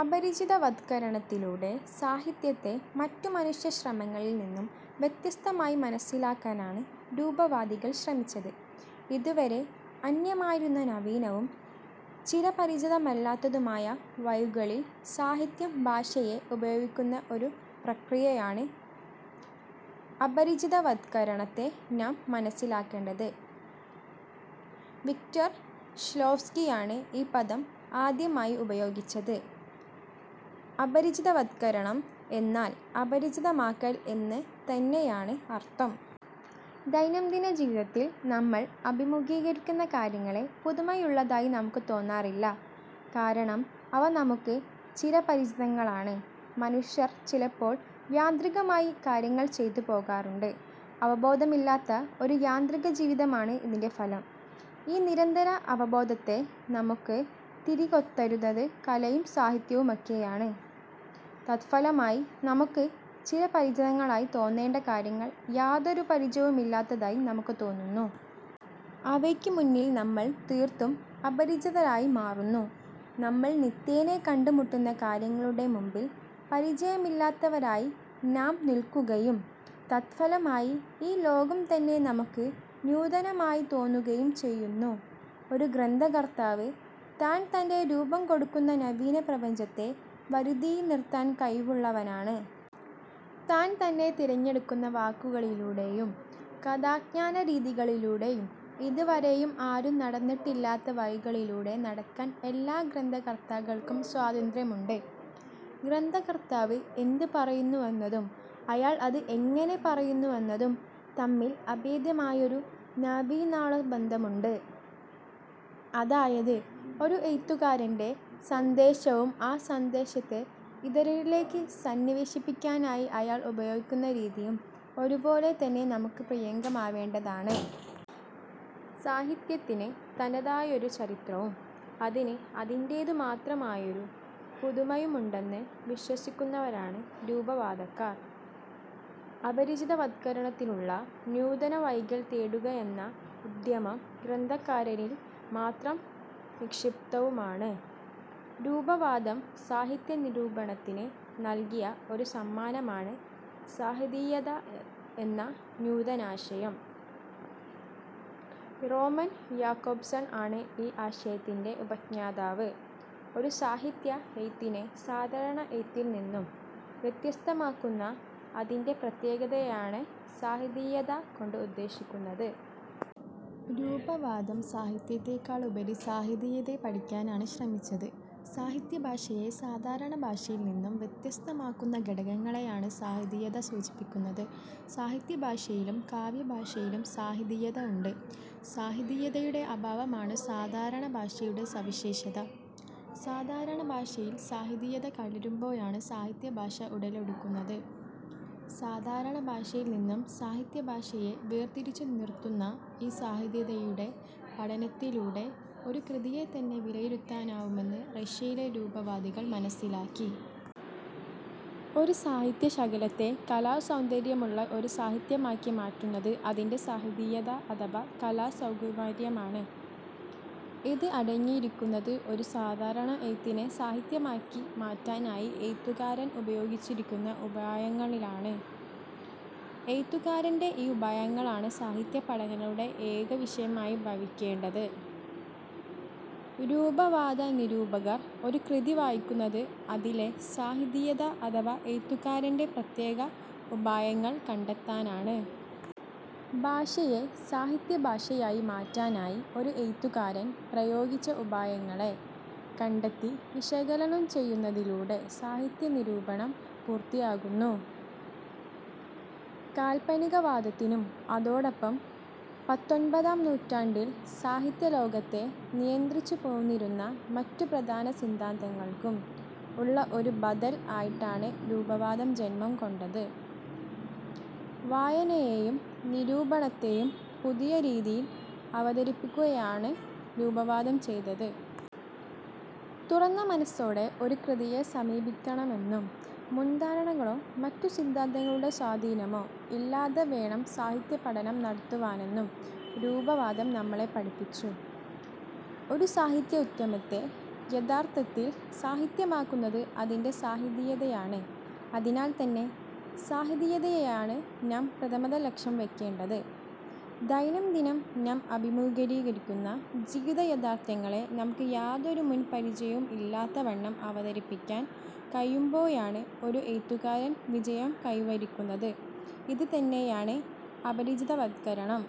അപരിചിതവത്കരണത്തിലൂടെ സാഹിത്യത്തെ മറ്റു മനുഷ്യ ശ്രമങ്ങളിൽ നിന്നും വ്യത്യസ്തമായി മനസ്സിലാക്കാനാണ് രൂപവാദികൾ ശ്രമിച്ചത്. ഇതുവരെ അന്യമായിരുന്ന നവീനവും ചിരപരിചിതമല്ലാത്തതുമായ വഴികളിൽ സാഹിത്യം ഭാഷയെ ഉപയോഗിക്കുന്ന ഒരു പ്രക്രിയയാണ് അപരിചിതവത്കരണത്തെ നാം മനസ്സിലാക്കേണ്ടത്. വിക്ടർ ഷ്ലോവ്സ്കിയാണ് ഈ പദം ആദ്യമായി ഉപയോഗിച്ചത്. അപരിചിതവത്കരണം എന്നാൽ അപരിചിതമാക്കൽ എന്ന് തന്നെയാണ് അർത്ഥം. ദൈനംദിന ജീവിതത്തിൽ നമ്മൾ അഭിമുഖീകരിക്കുന്ന കാര്യങ്ങളെ പുതുമയുള്ളതായി നമുക്ക് തോന്നാറില്ല. കാരണം അവ നമുക്ക് ചിരപരിചിതങ്ങളാണ്. മനുഷ്യർ ചിലപ്പോൾ യാന്ത്രികമായി കാര്യങ്ങൾ ചെയ്തുപോകാറുണ്ട്. അവബോധമില്ലാത്ത ഒരു യാന്ത്രിക ജീവിതമാണ് ഇതിൻ്റെ ഫലം. ഈ നിരന്തര അവബോധത്തെ നമുക്ക് തിരികെത്തരുന്നത് കലയും സാഹിത്യവുമൊക്കെയാണ്. തത്ഫലമായി നമുക്ക് ചിരപരിചിതങ്ങളായി തോന്നേണ്ട കാര്യങ്ങൾ യാതൊരു പരിചയവുമില്ലാത്തതായി നമുക്ക് തോന്നുന്നു. അവയ്ക്ക് മുന്നിൽ നമ്മൾ തീർത്തും അപരിചിതരായി മാറുന്നു. നമ്മൾ നിത്യേനെ കണ്ടുമുട്ടുന്ന കാര്യങ്ങളുടെ മുമ്പിൽ പരിചയമില്ലാത്തവരായി നാം നില്ക്കുകയും, തത്ഫലമായി ഈ ലോകം തന്നെ നമുക്ക് നൂതനമായി തോന്നുകയും ചെയ്യുന്നു. ഒരു ഗ്രന്ഥകർത്താവ് താൻ തന്നെ രൂപം കൊടുക്കുന്ന നവീന പ്രപഞ്ചത്തെ വരുതിയിൽ നിർത്താൻ കഴിവുള്ളവനാണ്. താൻ തന്നെ തിരഞ്ഞെടുക്കുന്ന വാക്കുകളിലൂടെയും കഥാഖ്യാനരീതിയിലൂടെയും ഇതുവരെയും ആരും നടന്നിട്ടില്ലാത്ത വഴികളിലൂടെ നടക്കാൻ എല്ലാ ഗ്രന്ഥകർത്താക്കൾക്കും സ്വാതന്ത്ര്യമുണ്ട്. ഗ്രന്ഥകർത്താവ് എന്ത് പറയുന്നുവെന്നതും അയാൾ അത് എങ്ങനെ പറയുന്നുവെന്നതും തമ്മിൽ അഭേദ്യമായൊരു നാഭീനാള ബന്ധമുണ്ട്. അതായത്, ഒരു എഴുത്തുകാരൻ്റെ സന്ദേശവും ആ സന്ദേശത്തെ ഇതരരിലേക്ക് സന്നിവേശിപ്പിക്കാനായി അയാൾ ഉപയോഗിക്കുന്ന രീതിയും ഒരുപോലെ തന്നെ നമുക്ക് പ്രിയങ്കരമാവേണ്ടതാണ്. സാഹിത്യത്തിന് തനതായൊരു ചരിത്രവും അതിന് അതിന്റേതു മാത്രമായൊരു പുതുമയുമുണ്ടെന്ന് വിശ്വസിക്കുന്നവരാണ് രൂപവാദക്കാർ. അപരിചിതവത്കരണത്തിനുള്ള നൂതന വഴികൾ തേടുകയെന്ന ഉദ്യമം ഗ്രന്ഥകാരനിൽ മാത്രം നിക്ഷിപ്തവുമാണ്. രൂപവാദം സാഹിത്യ നിരൂപണത്തിന് നൽകിയ ഒരു സമ്മാനമാണ് സാഹിതീയത എന്ന നൂതനാശയം. റോമൻ യാക്കോബ്സൺ ആണ് ഈ ആശയത്തിൻ്റെ ഉപജ്ഞാതാവ്. ഒരു സാഹിത്യ എഴുത്തിനെ സാധാരണ എഴുത്തിൽ നിന്നും വ്യത്യസ്തമാക്കുന്ന അതിൻ്റെ പ്രത്യേകതയെയാണ് സാഹിതീയത കൊണ്ട് ഉദ്ദേശിക്കുന്നത്. രൂപവാദം സാഹിത്യത്തെക്കാളുപരി സാഹിതീയതയെ പഠിക്കാനാണ് ശ്രമിച്ചത്. സാഹിത്യ ഭാഷയെ സാധാരണ ഭാഷയിൽ നിന്നും വ്യത്യസ്തമാക്കുന്ന ഘടകങ്ങളെയാണ് സാഹിതീയത സൂചിപ്പിക്കുന്നത്. സാഹിത്യ ഭാഷയിലും കാവ്യഭാഷയിലും സാഹിതീയത ഉണ്ട്. സാഹിതീയതയുടെ അഭാവമാണ് സാധാരണ ഭാഷയുടെ സവിശേഷത. സാധാരണ ഭാഷയിൽ സാഹിതീയത കലരുമ്പോഴാണ് സാഹിത്യഭാഷ ഉടലെടുക്കുന്നത്. സാധാരണ ഭാഷയിൽ നിന്നും സാഹിത്യഭാഷയെ വേർതിരിച്ചു നിർത്തുന്ന ഈ സാഹിതീയതയുടെ പഠനത്തിലൂടെ ഒരു കൃതിയെത്തന്നെ വിലയിരുത്താനാവുമെന്ന് റഷ്യയിലെ രൂപവാദികൾ മനസ്സിലാക്കി. ഒരു സാഹിത്യ ശകലത്തെ കലാസൗന്ദര്യമുള്ള ഒരു സാഹിത്യമാക്കി മാറ്റുന്നത് അതിൻ്റെ സാഹിതീയത അഥവാ കലാസൗകുമാര്യമാണ്. ഇത് അടങ്ങിയിരിക്കുന്നത് ഒരു സാധാരണ എഴുത്തിനെ സാഹിത്യമാക്കി മാറ്റാനായി എഴുത്തുകാരൻ ഉപയോഗിച്ചിരിക്കുന്ന ഉപായങ്ങളിലാണ്. എഴുത്തുകാരൻ്റെ ഈ ഉപായങ്ങളാണ് സാഹിത്യ പഠനങ്ങളുടെ ഏക വിഷയമായി ഭവിക്കേണ്ടത്. രൂപവാദ നിരൂപകർ ഒരു കൃതി വായിക്കുന്നത് അതിലെ സാഹിതീയത അഥവാ എഴുത്തുകാരൻ്റെ പ്രത്യേക ഉപായങ്ങൾ കണ്ടെത്താനാണ്. ഭാഷയെ സാഹിത്യ ഭാഷയായി മാറ്റാനായി ഒരു എഴുത്തുകാരൻ പ്രയോഗിച്ച ഉപായങ്ങളെ കണ്ടെത്തി വിശകലനം ചെയ്യുന്നതിലൂടെ സാഹിത്യ നിരൂപണം പൂർത്തിയാകുന്നു. കാൽപ്പനികവാദത്തിനും അതോടൊപ്പം പത്തൊൻപതാം നൂറ്റാണ്ടിൽ സാഹിത്യ ലോകത്തെ നിയന്ത്രിച്ചു പോന്നിരുന്ന മറ്റു പ്രധാന സിന്താന്തങ്ങൾക്കും ഉള്ള ഒരു ബദൽ ആയിട്ടാണ് രൂപവാദം ജന്മം കൊണ്ടത്. വായനയെയും നിരൂപണത്തെയും പുതിയ രീതിയിൽ അവതരിപ്പിക്കുകയാണ് രൂപവാദം ചെയ്തത്. തുറന്ന മനസ്സോടെ ഒരു കൃതിയെ സമീപിക്കണമെന്നും മുൻധാരണകളോ മറ്റു സിദ്ധാന്തങ്ങളുടെ സ്വാധീനമോ ഇല്ലാതെ വേണം സാഹിത്യ പഠനം നടത്തുവാനെന്നും രൂപവാദം നമ്മളെ പഠിപ്പിച്ചു. ഒരു സാഹിത്യ ഉദ്യമത്തെ യഥാർത്ഥത്തിൽ സാഹിത്യമാക്കുന്നത് അതിൻ്റെ സാഹിതീയതയാണ്. അതിനാൽത്തന്നെ സാഹിതീയതയെയാണ് നാം പ്രഥമത ലക്ഷ്യം വെയ്ക്കേണ്ടത്. ദൈനംദിനം നാം അഭിമുഖീകരിക്കുന്ന ജീവിത യാഥാർത്ഥ്യങ്ങളെ നമുക്ക് യാതൊരു മുൻപരിചയവും ഇല്ലാത്ത വണ്ണം അവതരിപ്പിക്കാൻ കഴിയുമ്പോയാണ് ഒരു എഴുത്തുകായൻ വിജയം കൈവരിക്കുന്നത്. ഇത് തന്നെയാണ് അപരിചിതവത്കരണവും.